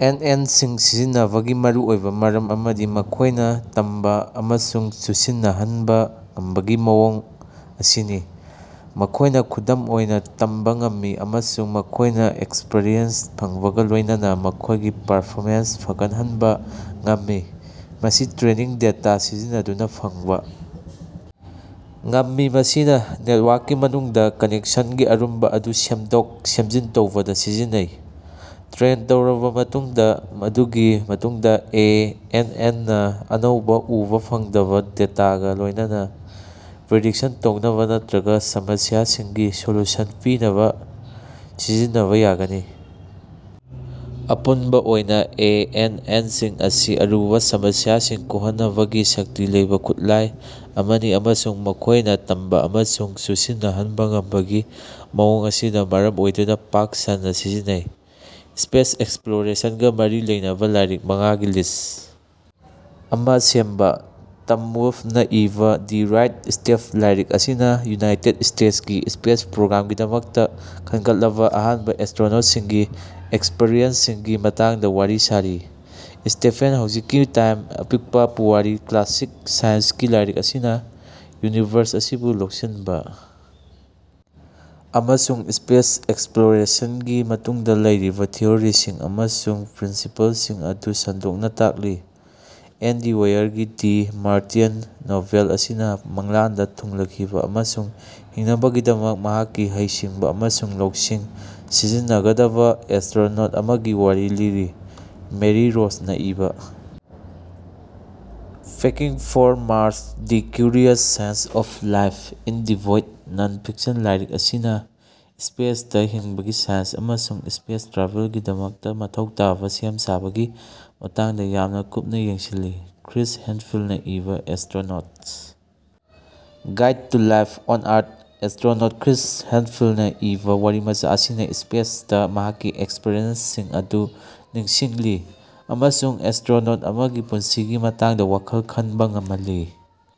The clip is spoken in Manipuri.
ꯑꯦꯟ ꯑꯦꯟ ꯁꯤꯡ ꯁꯤꯖꯤꯟꯅꯕꯒꯤ ꯃꯔꯨꯑꯣꯏꯕ ꯃꯔꯝ ꯑꯃꯗꯤ ꯃꯈꯣꯏꯅ ꯇꯝꯕ ꯑꯃꯁꯨꯡ ꯆꯨꯁꯤꯟꯅꯍꯟꯕ ꯉꯝꯕꯒꯤ ꯃꯑꯣꯡ ꯑꯁꯤꯅꯤ꯫ ꯃꯈꯣꯏꯅ ꯈꯨꯗꯝ ꯑꯣꯏꯅ ꯇꯝꯕ ꯉꯝꯃꯤ ꯑꯃꯁꯨꯡ ꯃꯈꯣꯏꯅ ꯑꯦꯛꯁꯄꯔꯤꯌꯦꯟꯁ ꯐꯪꯕꯒ ꯂꯣꯏꯅꯅ ꯃꯈꯣꯏꯒꯤ ꯄꯔꯐꯣꯃꯦꯟꯁ ꯐꯒꯠꯍꯟꯕ ꯉꯝꯃꯤ꯫ ꯃꯁꯤ ꯇꯔ꯭ꯦꯅꯤꯡ ꯗꯦꯇꯥ ꯁꯤꯖꯤꯟꯅꯗꯨꯅ ꯐꯪꯕ ꯉꯝꯃꯤ ꯃꯁꯤꯅ ꯅꯦꯠꯋꯥꯛꯀꯤ ꯃꯅꯨꯡꯗ ꯀꯅꯦꯛꯁꯟꯒꯤ ꯑꯔꯨꯝꯕ ꯑꯗꯨ ꯁꯦꯝꯗꯣꯛ ꯁꯦꯝꯖꯤꯟ ꯇꯧꯕꯗ ꯁꯤꯖꯤꯟꯅꯩ꯫ ꯇꯔ꯭ꯦꯟ ꯇꯧꯔꯕ ꯃꯇꯨꯡꯗ ꯃꯗꯨꯒꯤ ꯃꯇꯨꯡꯗ ꯑꯦ ꯑꯦꯟ ꯑꯦꯟ ꯅ ꯑꯅꯧꯕ ꯎꯕ ꯐꯪꯗꯕ ꯗꯦꯇꯥꯒ ꯂꯣꯏꯅꯅ ꯄ꯭ꯔꯤꯗꯤꯛꯁꯟ ꯇꯧꯅꯕ ꯅꯠꯇ꯭ꯔꯒ ꯁꯃꯁꯤꯌꯥꯁꯤꯡꯒꯤ ꯁꯣꯂꯨꯁꯟ ꯄꯤꯅꯕ ꯁꯤꯖꯤꯟꯅꯕ ꯌꯥꯒꯅꯤ꯫ ꯑꯄꯨꯟꯕ ꯑꯣꯏꯅ ꯑꯦ ꯑꯦꯟ ꯑꯦꯟ ꯁꯤꯡ ꯑꯁꯤ ꯑꯔꯨꯕ ꯁꯃꯁꯤꯌꯥꯁꯤꯡ ꯀꯣꯛꯍꯟꯅꯕꯒꯤ ꯁꯛꯇꯤ ꯂꯩꯕ ꯈꯨꯠꯂꯥꯏ ꯑꯃꯅꯤ ꯑꯃꯁꯨꯡ ꯃꯈꯣꯏꯅ ꯇꯝꯕ ꯑꯃꯁꯨꯡ ꯆꯨꯁꯤꯟꯅꯍꯟꯕ ꯉꯝꯕꯒꯤ ꯃꯑꯣꯡ ꯑꯁꯤꯅ ꯃꯔꯝ ꯑꯣꯏꯗꯨꯅ ꯄꯥꯛ ꯁꯟꯅꯥꯁꯤꯖꯤꯟꯅꯩ꯫ꯁꯄꯦꯁ ꯑꯦꯛꯁꯄꯂꯣꯔꯦꯁꯟꯒ ꯃꯔꯤ ꯂꯩꯅꯕ ꯂꯥꯏꯔꯤꯛ ꯃꯉꯥꯒꯤ ꯂꯤꯁ ꯑꯃ ꯁꯦꯝꯕ꯫ ꯇꯝ ꯋꯨꯜꯐꯅ ꯏꯕꯥ ꯗꯤ ꯔꯥꯏꯠ ꯁꯇꯞ ꯂꯥꯏꯔꯤꯛ ꯑꯁꯤꯅ ꯌꯨꯅꯥꯏꯇꯦꯠ ꯁꯇꯦꯠꯁꯀꯤ ꯁꯄꯦꯁ ꯄ꯭ꯔꯣꯒꯔꯥꯝꯒꯤꯗꯃꯛꯇ ꯈꯟꯒꯠꯂꯕ ꯑꯍꯥꯟꯕ ꯑꯦꯁꯇꯔꯣꯅꯣꯠꯁꯤꯡꯒꯤ ꯑꯦꯛꯁꯄꯔꯤꯌꯦꯟꯁꯁꯤꯡꯒꯤ ꯃꯇꯥꯡꯗ ꯋꯥꯔꯤ ꯁꯥꯔꯤ꯫ ꯁꯇꯦꯐꯦꯟ ꯍꯧꯖꯤꯛꯀꯤ ꯇꯥꯏꯝꯒꯤ ꯑꯄꯤꯛꯄ ꯄꯨꯋꯥꯔꯤ ꯀ꯭ꯂꯥꯁꯤꯛ ꯁꯥꯏꯟꯁꯀꯤ ꯂꯥꯏꯔꯤꯛ ꯑꯁꯤꯅ ꯌꯨꯅꯤꯚꯔꯁ ꯑꯁꯤꯕꯨ ꯂꯧꯁꯤꯟꯕ ꯑꯃꯁꯨꯡ ꯁꯄꯦꯁ ꯑꯦꯛꯁꯄꯂꯣꯔꯦꯁꯟꯒꯤ ꯃꯇꯨꯡꯗ ꯂꯩꯔꯤꯕ ꯊꯤꯑꯣꯔꯤꯁꯤꯡ ꯑꯃꯁꯨꯡ ꯄ꯭ꯔꯤꯟꯁꯤꯄꯜꯁꯤꯡ ꯑꯗꯨ ꯁꯟꯗꯣꯛꯅ ꯇꯥꯛꯂꯤ꯫ ꯑꯦꯟꯗꯤ ꯋꯦꯏꯔꯒꯤ ꯗꯤ ꯃꯥꯔꯇꯤꯌꯟ ꯅꯣꯚꯦꯜ ꯑꯁꯤꯅ ꯃꯪꯂꯥꯟꯗ ꯊꯨꯡꯂꯈꯤꯕ ꯑꯃꯁꯨꯡ ꯍꯤꯡꯅꯕꯒꯤꯗꯃꯛ ꯃꯍꯥꯛꯀꯤ ꯍꯩꯁꯤꯡꯕ ꯑꯃꯁꯨꯡ ꯂꯧꯁꯤꯡ ꯁꯤꯖꯤꯟꯅꯒꯗꯕ ꯑꯦꯁꯇꯔꯣꯅꯣꯠ ꯑꯃꯒꯤ ꯋꯥꯔꯤ ꯂꯤꯔꯤ꯫ ꯃꯦꯔꯤ ꯔꯣꯁꯅ ꯏꯕꯥ Packing for Mars the curious science of life in the void non fiction ꯂꯥꯏꯔꯤꯛ ꯑꯁꯤꯅ ꯁꯄꯦꯁꯇ ꯍꯤꯡꯕꯒꯤ ꯁꯥꯏꯟꯁ ꯑꯃꯁꯨꯡ ꯁꯄꯦꯁ ꯇ꯭ꯔꯥꯚꯦꯜꯒꯤꯗꯃꯛꯇ ꯃꯊꯧ ꯇꯥꯕ ꯁꯦꯝ ꯁꯥꯕꯒꯤ ꯃꯇꯥꯡꯗ ꯌꯥꯝꯅ ꯀꯨꯞꯅ ꯌꯦꯡꯁꯤꯜꯂꯤ꯫ ꯀ꯭ꯔꯤꯁ ꯍꯦꯠꯐꯤꯜꯗꯅ ꯏꯕꯥ astronaut's guide to life on Earth astronaut Chris ꯍꯦꯗꯐꯤꯜꯗꯅ ꯏꯕꯥ ꯋꯥꯔꯤꯃꯆꯥ ꯑꯁꯤꯅ ꯁꯄꯦꯁꯇ ꯃꯍꯥꯛꯀꯤ ꯑꯦꯛꯁꯄꯔꯤꯌꯦꯟꯁꯁꯤꯡ ꯑꯗꯨ ꯅꯤꯡꯁꯤꯡꯂꯤ ꯑꯃꯁꯨꯡ ꯑꯦꯁꯇꯔꯣꯅꯣꯠ ꯑꯃꯒꯤ ꯄꯨꯟꯁꯤꯒꯤ ꯃꯇꯥꯡꯗ ꯋꯥꯈꯜ ꯈꯟꯕ ꯉꯝꯍꯜꯂꯤ꯫